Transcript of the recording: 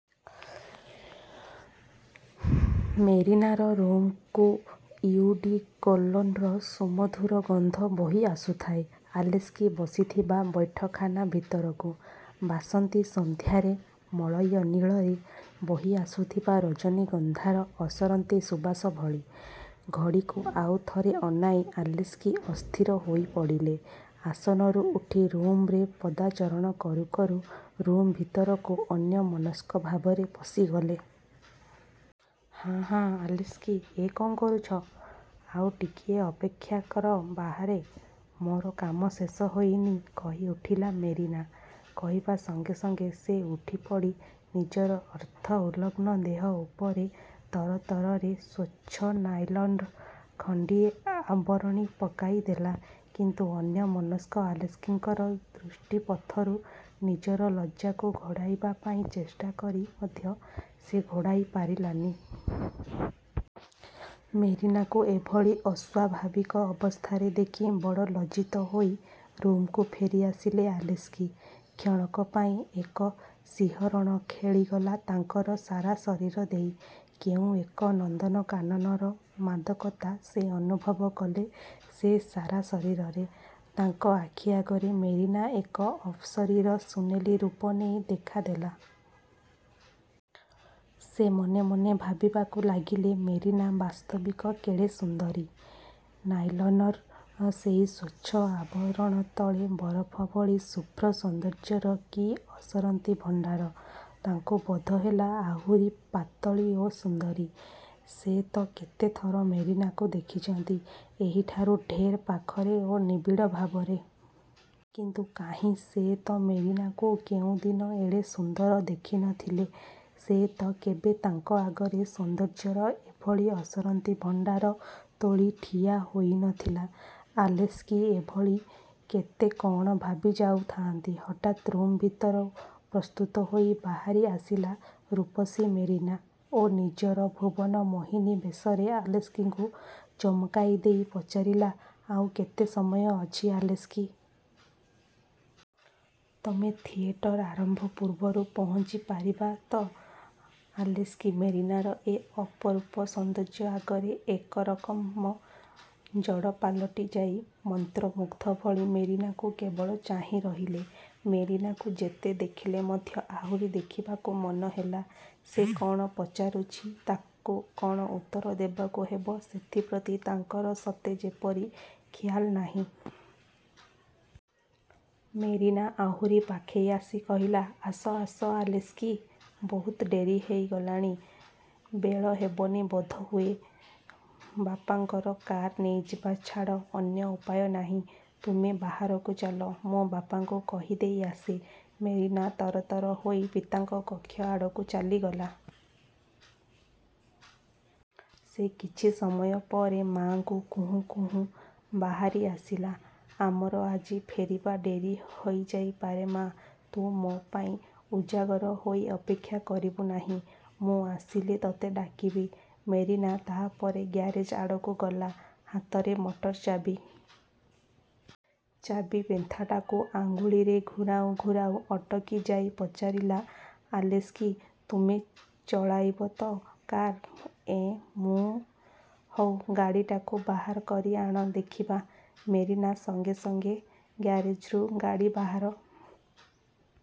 ମେରିନାର ରୁମ୍କୁ ଇଉଡ଼ିକୋଲନ୍ର ସୁମଧୁର ଗନ୍ଧ ବୋହି ଆସୁଥାଏ ଆଲେସ୍କି ବସିଥିବା ବୈଠକଖାନା ଭିତରକୁ–ବାସନ୍ତୀ ସନ୍ଧ୍ୟାରେ ମଳୟନିଳରେ ବୋହିଆସୁଥିବା ରଜନୀଗନ୍ଧାର ଅସରନ୍ତି ସୁବାସ ଭଳି। ଘଡ଼ିକୁ ଆଉ ଥରେ ଅନାଇ ଆଲେସ୍କି ଅସ୍ଥିର ହୋଇପଡ଼ିଲେ। ଆସନରୁ ଉଠି ରୁମ୍ରେ ପଦଚାରଣ କରୁ କରୁ ରୁମ୍ ଭିତରକୁ ଅନ୍ୟମନସ୍କ ଭାବରେ ପଶିଗଲେ। ''ହାଁ, ହାଁ, ଆଲେସ୍କି, ଏ କ'ଣ କରୁଛ? ଆଉ ଟିକିଏ ଅପେକ୍ଷା। କର ବାହାରେ। ମୋର କାମ ଶେଷ ହୋଇନି''–କହିଉଠିଲା ମେରିନା। କହିବା ସଙ୍ଗେ ସଙ୍ଗେ ସେ ଉଠିପଡ଼ି ନିଜର ଅର୍ଦ୍ଧ-ଉଲଗ୍ନ ଦେହ ଉପରେ ତରତରରେ ସ୍ୱଚ୍ଛ ନାଇଲନ୍ର ଖଣ୍ଡିଏ ଆବରଣୀ ପକାଇଦେଲା। କିନ୍ତୁ ଅନ୍ୟମନସ୍କ ଆଲେସ୍କିଙ୍କର ଦୃଷ୍ଟିପଥରୁ ନିଜର ଲଜ୍ଜାକୁ ଘୋଡ଼ାଇବା ପାଇଁ ଚେଷ୍ଟାକରି ମଧ୍ୟ ସେ ଘୋଡ଼ାଇ ପାରିଲାନି। ମେରିନାକୁ ଏଭଳି ଅସ୍ୱାଭାବିକ ଅବସ୍ଥାରେ ଦେଖି ବଡ଼ ଲଜ୍ଜିତ ହୋଇ ରୁମ୍କୁ ଫେରିଆସିଲେ ଆଲେସ୍କି। କ୍ଷଣକ ପାଇଁ ଏକ ଶିହରଣ ଖେଳିଗଲା ତାଙ୍କର ସାରା ଶରୀର ଦେଇ-। କେଉଁ ଏକ ନନ୍ଦନକାନନର ମାଦକତା ସେ ଅନୁଭବ କଲେ ସେ ସାରା ଶରୀରରେ। ତାଙ୍କ ଆଖିଆଗରେ ମେରିନା ଏକ ଅପ୍ସରୀର ସୁନେଲି ରୂପ ନେଇ ଦେଖା ଦେଲା। ସେ ମନେ ମନେ ଭାବିବାକୁ ଲାଗିଲେ–ମେରିନା ବାସ୍ତବିକ କେଡ଼େ ସୁନ୍ଦରୀ? ନାଇଲନ୍ର ସେଇ ସ୍ୱଚ୍ଛ ଆବରଣ ତଳେ ବରଫ ଭଳି ଶୁଭ୍ର ସୌନ୍ଦର୍ଯ୍ୟର କି ଅସରନ୍ତି ଭଣ୍ଡାର! ତାଙ୍କୁ ବୋଧ ହେଲା ଆହୁରି ପାତଳୀ ଓ ସୁନ୍ଦରୀ। ସେ ତ କେତେ ଥର ମେରିନାକୁ ଦେଖିଛନ୍ତି, ଏହିଠାରୁ ଢେର୍ ପାଖରେ ଓ ନିବିଡ଼ ଭାବରେ। କିନ୍ତୁ କାହିଁ, ସେ ତ ମେରିନାକୁ କେଉଁଦିନ ଏଡ଼େ ସୁନ୍ଦର ଦେଖି ନ ଥିଲେ। ସେ ତ କେବେ ତାଙ୍କ ଆଗରେ ସୌନ୍ଦର୍ଯ୍ୟର ଏଭଳି ଅସରନ୍ତି ଭଣ୍ଡାର ତୋଳି ଠିଆହୋଇ ନ ଥିଲା। ଆଲେସ୍କି ଏହିଭଳି କେତେ କ'ଣ ଭାବି ଯାଉଥାନ୍ତି, ହଠାତ୍ ରୁମ୍ ଭିତରୁ ପ୍ରସ୍ତୁତ ହୋଇ ବାହାରିଆସିଲା ରୂପସୀ ମେରିନା ଓ ନିଜର ଭୁବନମୋହିନୀ ବେଶରେ ଆଲେସ୍କିଙ୍କୁ ଚମକାଇଦେଇ ପଚାରିଲା, ''ଆଉ କେତେ ସମୟ ଅଛି ଆଲେସ୍କି? ଆମେ ଥିଏଟର ଆରମ୍ଭ ପୂର୍ବରୁ ପହଞ୍ଚି ପାରିବା ତ? '' ଆଲେସ୍କି ମେରିନାର ଏ ଅପରୂପ ସୌନ୍ଦର୍ଯ୍ୟ ଆଗରେ ଏକରକମ ଜଡ଼ ପାଲଟିଯାଇ ମନ୍ତ୍ରମୁଗ୍ଧ ଭଳି ମେରିନାକୁ କେବଳ ଚାହିଁ ରହିଲେ। ମେରିନାକୁ ଯେତେ ଦେଖିଲେ ମଧ୍ୟ ଆହୁରି ଦେଖିବାକୁ ମନ ହେଲା। ସେ କ'ଣ ପଚାରୁଛି, ତାକୁ କ'ଣ ଉତ୍ତର ଦେବାକୁ ହେବ, ସେଥିପ୍ରତି ତାଙ୍କର ସତେ ଯେପରି ଖିଆଲ ନାହିଁ। ମେରିନା ଆହୁରି ପାଖେଇ ଆସି କହିଲା, ''ଆସ, ଆସ ଆଲେସ୍କି! ବହୁତ ଡେରି ହୋଇଗଲାଣି, ବେଳ ହେବନି ବୋଧହୁଏ। ବାପାଙ୍କର କାର୍ ନେଇଯିବା ଛଡ଼ା ଅନ୍ୟ ଉପାୟ ନାହିଁ। ତୁମେ ବାହାରକୁ ଚାଲ। ମୁଁ ବାପାଙ୍କୁ କହିଦେଇ ଆସେ। ମେରିନା ତରତର ହୋଇ ପିତାଙ୍କ କକ୍ଷ ଆଡ଼କୁ ଚାଲିଗଲା। ସେ କିଛି ସମୟ ପରେ ମା'ଙ୍କୁ କହୁଁ କହୁଁ ବାହାରିଆସିଲା, ''ଆମର ଆଜି ଫେରିବା ଡେରି ହୋଇଯାଇପାରେ ମା! ତୁ ମୋ ପାଇଁ ଉଜାଗର ହୋଇ ଅପେକ୍ଷା, କରିବୁ ନାହିଁ। ମୁଁ ଆସିଲେ ତୋତେ ଡାକିବି। '' ମେରିନା ତାହାପରେ ଗ୍ୟାରେଜ୍ ଆଡ଼କୁ ଗଲା–ହାତରେ ମଟର ଚାବି। ଚାବିପେନ୍ଥାଟାକୁ ଅଙ୍ଗୁଳିରେ ଘୂରାଉଁ ଘୂରାଉଁ ଅଟକି ଯାଇ ପଚାରିଲା, ''ଆଲେସ୍କି, ତୁମେ ଚଳାଇବ ତ କାର୍? '' ''ଏଁ, ମୁଁ? ହେଉ, ଗାଡ଼ିଟାକୁ ବାହାର କରିଆଣ, ଦେଖିବା। '' ମେରିନା ସଙ୍ଗେ ସଙ୍ଗେ ଗ୍ୟାରେଜ୍ରୁ ଗାଡ଼ି ବାହାର